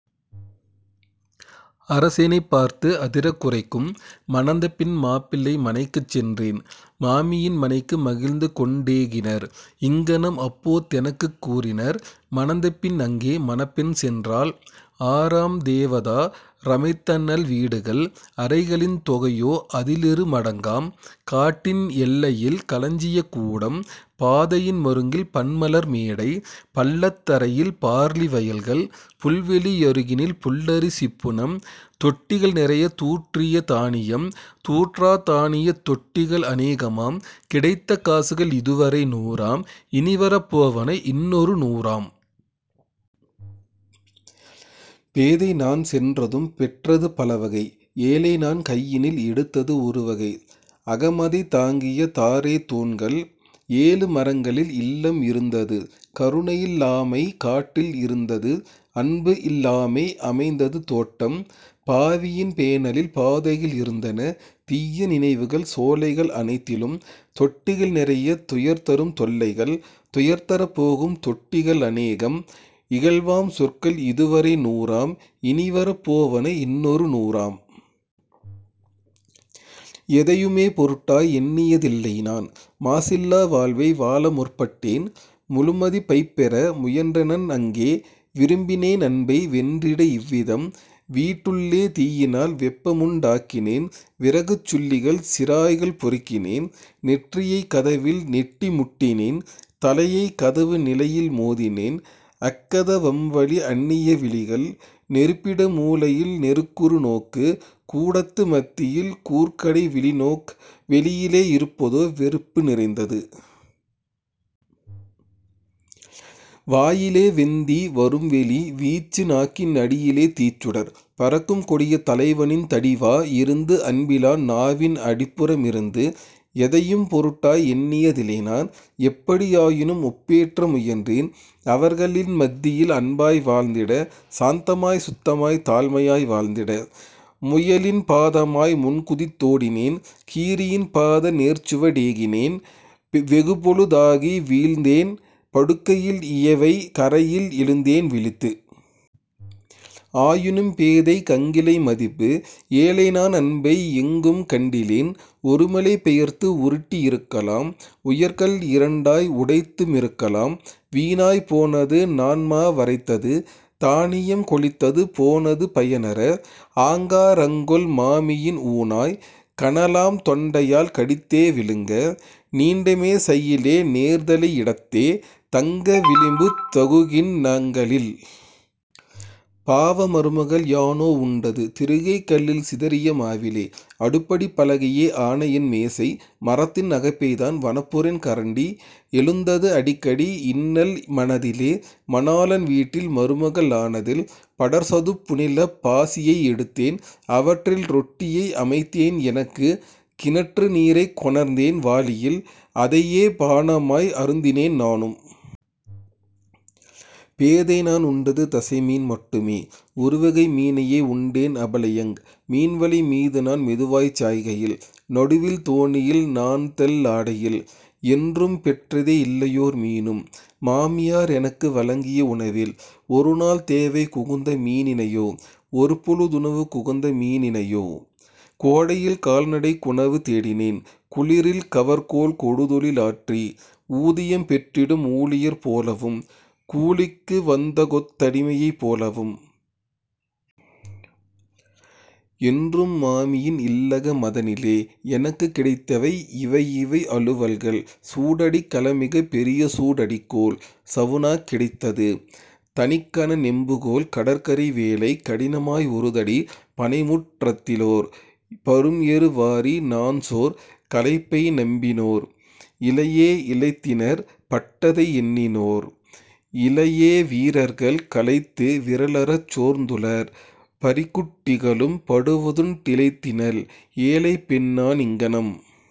அரசெனைப் பார்த்து அதிரக் குரைக்கும். மணந்தபின் மாப்பிள்ளை மனைக்குச் சென்றேன் மாமியின் மனைக்கு மகிழ்ந்துகொண் டேகினர் இங்ஙனம் அப்போ தெனக்குக் கூறினர் மணந்தபின் அங்கே மணப்பெண் சென்றால் ஆறாம் தேவதா ரமைத்தநல் வீடுகள் அறைகளின் தொகையோ அதிலிரு மடங்காம் காட்டின் எல்லையில் களஞ்சியக் கூடம் பாதையின் மருங்கில் பன்மலர் மேடை பள்ளத் தரையில் பார்லி வயல்கள் புல்வெளி யருகினில் புல்லரி சிப்புனம் தொட்டிகள் நிறையத் தூற்றிய தானியம் தூற்றாத் தானியத் தொட்டிகள் அனேகமாம் கிடைத்த காசுகள் இதுவரை நூறாம் இனிவரப் போவன இன்னொரு நூறாம். பேதைநான் சென்றதும் பெற்றது பலவகை ஏழைநான் கையினில் எடுத்தது ஒருவகை. அகமதைத் தாங்கிய தாறே தூண்கள் ஏழு மரங்களில் இல்லம் இருந்தது கருணையில் லாமை காட்டில் இருந்தது அன்புஇல் லாமை அமைந்தது தோட்டம் பாவியென் பேணலில் பாதைகள் இருந்தன தீய நினைவுகள் சோலைகள் அனைத்திலும் தொட்டிகள் நிறையத் துயர்தரும் தொல்லைகள் துயர்தரப் போகும் தொட்டிகள் அனேகம் இகழ்வாம் சொற்கள் இதுவரை நூறாம் இனிவரப் போவன இன்னொரு நூறாம். எதையுமே பொருட்டாய் எண்ணிய தில்லைநான் மாசில்லா வாழ்வை வாழமுற் பட்டேன் முழுமதிப் பைப்பெற முயன்றனன் அங்கே விரும்பினேன் அன்பை வென்றிட இவ்விதம் வீட்டுள்ளே தீயினால் வெப்பமுண் டாக்கினேன் விறகுச் சுள்ளிகள் சிராய்கள் பொறுக்கினேன் நெற்றியைக் கதவில் நெட்டி முட்டினேன் தலையைக் கதவு நிலையில் மோதினேன். அக்கத வம்வழி அன்னிய விழிகள் நெருப்பிட மூலையில் நெருக்குறு நோக்கு கூடத்து மத்தியில் கூர்கடை விழிநோக் வெளியிலே இருப்பதோ வெறுப்பு நிறைந்தது. வாயிலே வெந்தீ வரும்வெளி வீச்சு நாக்கின் அடியிலே தீச்சுடர் பறக்கும் கொடிய தலைவனின் தடிவா யிருந்து அன்பிலா நாவின் அடிப்புற மிருந்து. எதையும் பொருட்டாய் எண்ணிய திலைநான் எப்படி யாயினும் ஒப்பேற்ற முயன்றேன் அவர்களின் மத்தியில் அன்பாய் வாழ்ந்திட சாந்தமாய் சுத்தமாய் தாழ்மையாய் வாழ்ந்திட. முயலின் பாதமாய் முன்குதித் தோடினேன் கீரியின் பாத நேர்சுவட் டேகினேன் வெகுபொழு தாகி வீழ்ந்தேன் படுக்கையில் இயைவை கறையில் எழுந்தேன் விழித்து. ஆயினும் பேதைக் கங்கிலை மதிப்பு ஏழைநான் அன்பை எங்கும் கண்டிலேன் ஒருமலை பெயர்த்து உருட்டி யிருக்கலாம் உயர்கல் இரண்டாய் உடைத்து மிருக்கலாம். வீணாய் போனது நான்மா வரைத்தது தானியம் கொழித்தது போனது பயனற ஆங்கா ரங்கொள் மாமியின் ஊணாய் கனலாம் தொண்டையால் கடித்தே விழுங்க நீண்டமே சையிலே நேர்தலை யிடத்தே தங்க விளிம்புத் தகுகிண் ணங்களில். பாவ மருமகள் யானோ உண்டது திருகைக் கல்லில் சிதறிய மாவிலே அடுப்படிப் பலகையே ஆனஎன் மேசை மரத்தின் அகப்பைதான் வனப்புறென் கரண்டி. எழுந்தது அடிக்கடி இன்னல் மனதிலே மணாளன் வீட்டில் மருமக ளானதில் படர்சதுப் புநிலப் பாசியை எடுத்தேன் அவற்றில் ரொட்டியை அமைத்தேன் எனக்கு கிணற்று நீரைக் கொணர்ந்தேன் வாளியில் அதையே பானமாய் அருந்தினேன் நானும். பேதைநான் உண்டது தசைமீன் மட்டுமே ஒருவகை மீனையே உண்டேன் அபலையங் மீன்வலை மீதுநான் மெதுவாய்ச் சாய்கையில் நடுவில் தோணியில் நான்தள் ளாடையில். என்றும் பெற்றதே இல்லையோர் மீனும் மாமியார் எனக்கு வழங்கிய உணவில் ஒருநாள் தேவைக் குகந்த மீனினையோ ஒருபொழு துணவுக் குகந்த மீனினையோ. கோடையில் கால்நடைக் குணவு தேடினேன் குளிரில் கவர்க்கோல் கொடுதொழி லாற்றி ஊதியம் பெற்றிடும் ஊழியர் போலவும் கூலிக்கு வந்தகொத் தடிமையைப் போலவும். என்றும் மாமியின் இல்லக மதனிலே எனக்குக் கிடைத்தவை இவையிவை அலுவல்கள் சூடடிக் களம்மிகப் பெரியசூ டடிக்கோல் சவுனா கிடைத்தது தனிக்கன நெம்புகோல் கடற்கரை வேலைக் கடினமாய் ஒருதடி பண்ணைமுற் றத்திலோர் பரும்எரு வாரி நான்சோர் களைப்பை நம்பினோர் இலையே இளைத்தினற் பட்டதை எண்ணினோர் இலையே வீரர்கள் களைத்து விறலறச் சோர்ந்துளர் பரிக்குட் டிகளும் படுவதுண் டிளைத்தினல். ஏழைப்பெண்நான் இங்ஙனம்